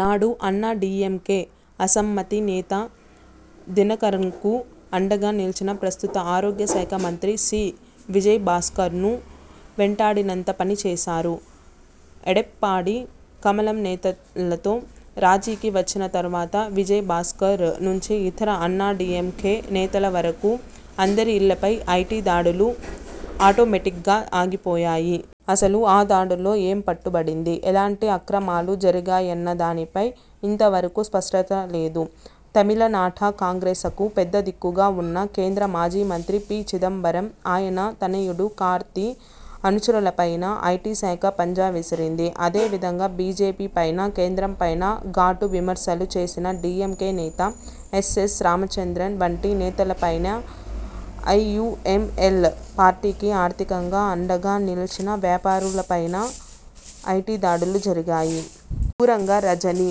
నాడు అన్నాడీఎంకే అసమ్మతి నేత దినకరన్కు అండగా నిలిచిన ప్రస్తుత ఆరోగ్యశాఖ మంత్రి సి. విజయ భాస్కర్ను వెంటాడినంత పని చేశారు. ఎడప్పాడి కమలం నేతలతో రాజీకి వచ్చిన తర్వాత విజయ భాస్కర్ నుంచి ఇతర అన్నాడీఎంకే నేతల వరకు అందరి ఇళ్లపై ఐటీ దాడులు ఆటోమేటిక్గా ఆగిపోయాయి. అసలు ఆ దాడుల్లో ఏం పట్టుబడింది, ఎలాంటి అక్రమాలు జరిగాయన్నదానిపై ఇంతవరకూ స్పష్టత లేదు. తమిళనాట కాంగ్రె్సకు పెద్దదిక్కుగా వున్న కేంద్ర మాజీమంత్రి పి. చిదంబరం, ఆయన తనయుడు కార్తీ, అనుచరులపైనా ఐటీశాఖ పంజా విసిరింది. అదే విధంగా బీజేపీపైనా, కేంద్రంపైనా ఘాటు విమర్శలు చేసిన డీఎంకే నేత ఎస్ఎస్ రామచంద్రన్ వంటి నేతలపైనా, ఐయూఎంఎల్ పార్టీకి ఆర్థికంగా అండగా నిలిచిన వ్యాపారులపైనా ఐటీ దాడులు జరిగాయి. దూరంగా రజనీ!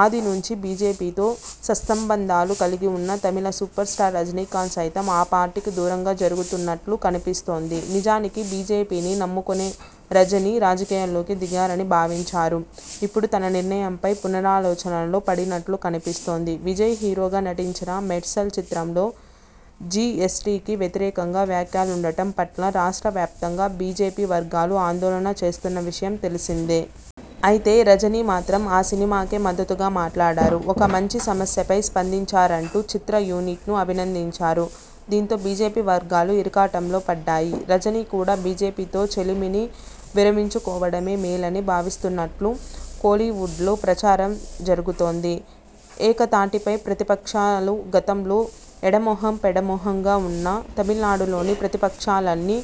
ఆది నుంచి బీజేపీతో సత్సంబంధాలు కలిగివున్న తమిళ సూపర్స్టార్ రజనీకాంత్ సైతం ఆ పార్టీకి దూరంగా జరుగుతున్నట్లు కనిపిస్తోంది. నిజానికి బీజేపీని నమ్ముకునే రజనీ రాజకీయాల్లోకి దిగాలని భావించారు. ఇప్పుడు తన నిర్ణయంపై పునరాలోచనలో పడినట్లు కనిపిస్తోంది. విజయ్ హీరోగా నటించిన 'మెర్సల్' చిత్రంలో జీఎస్టీకి వ్యతిరేకంగా వ్యాఖ్యలుండడం పట్ల రాష్ట్ర వ్యాప్తంగా బీజేపీ వర్గాలు ఆందోళన చేస్తున్న విషయం తెలిసిందే. అయితే, రజనీ మాత్రం ఆ సినిమాకే మద్దతుగా మాట్లాడారు. ఒక మంచి సమస్యపై స్పందించారంటూ చిత్ర యూనిట్ను అభినందించారు. దీంతో బీజేపీ వర్గాలు ఇరకాటంలో పడ్డాయి. రజనీ కూడా బీజేపీతో చెలిమిని విరమించుకోవడమే మేలని భావిస్తున్నట్లు కోలీవుడ్లో ప్రచారం జరుగుతోంది. ఏకతాటిపై ప్రతిపక్షాలుగతంలో ఎడమొహం పెడమొహంగా ఉన్న తమిళనాడులోని ప్రతిపక్షాలన్నీ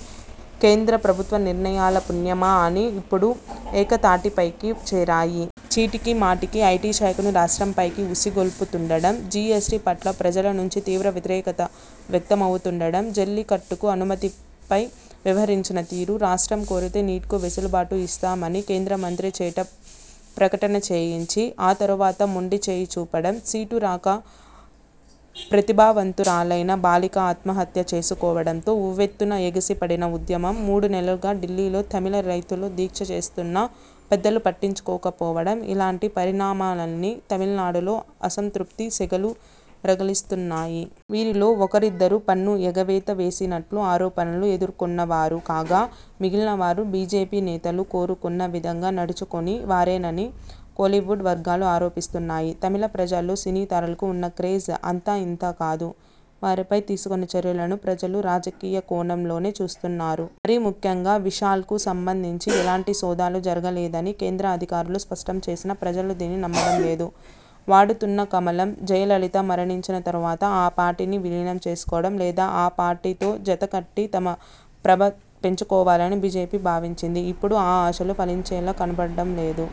కేంద్ర ప్రభుత్వ నిర్ణయాల పుణ్యమా అని ఇప్పుడు ఏకతాటిపైకి చేరాయి. చీటికిమాటికీ ఐటీ శాఖను రాష్ట్రంపైకి ఉసిగొల్పుతుండడం, జీఎస్టీ పట్ల ప్రజల నుంచి తీవ్ర వ్యతిరేకత వ్యక్తమవుతుండడం, జల్లికట్టుకు అనుమతిపై వ్యవహరించిన తీరు, రాష్ట్రం కోరితే నీట్కు వెసులుబాటు ఇస్తామని కేంద్రమంత్రి చేత ప్రకటన చేయించి, ఆ తరువాత మొండిచేయి చూపడం, సీటు రాక ప్రతిభావంతురాలైన బాలిక ఆత్మహత్య చేసుకోవడంతో ఉవ్వెత్తున ఎగసిపడిన ఉద్యమం, మూడు నెలలుగా ఢిల్లీలో తమిళ రైతులు దీక్ష చేస్తున్నా పెద్దలు పట్టించుకోకపోవడం ఇలాంటి పరిణామాలన్నీ తమిళనాడులో అసంతృప్తి సెగలు రగిలిస్తున్నాయి. వీరిలో ఒకరిద్దరు పన్ను ఎగవేత వేసినట్లు ఆరోపణలు ఎదుర్కొన్నవారు కాగా మిగిలిన వారు బీజేపీ నేతలు కోరుకున్న విధంగా నడుచుకోని వారేనని కోలీవుడ్ వర్గాలు ఆరోపిస్తున్నాయి. తమిళ ప్రజల్లో సినీ తారలకు ఉన్న క్రేజ్ అంతా ఇంతా కాదు. వారిపై తీసుకునే చర్యలను ప్రజలు 'రాజకీయ కోణం'లోనే చూస్తున్నారు. మరీముఖ్యంగా విశాల్కు సంబంధించి ఎలాంటి సోదాలూ జరగలేదని కేంద్ర అధికారులు స్పష్టం చేసినా, ప్రజలు దీనిని నమ్మడంలేదు. వాడుతున్న కమలం! జయలలిత మరణించిన తరువాత ఆ పార్టీని విలీనం చేసుకోవడం, లేదా ఆ పార్టీతో జతకట్టి తమ ప్రభ పెంచుకోవాలని బీజేపీ భావించింది. ఇప్పుడు ఆ ఆశలు ఫలించేలా కనిపించడంలేదు.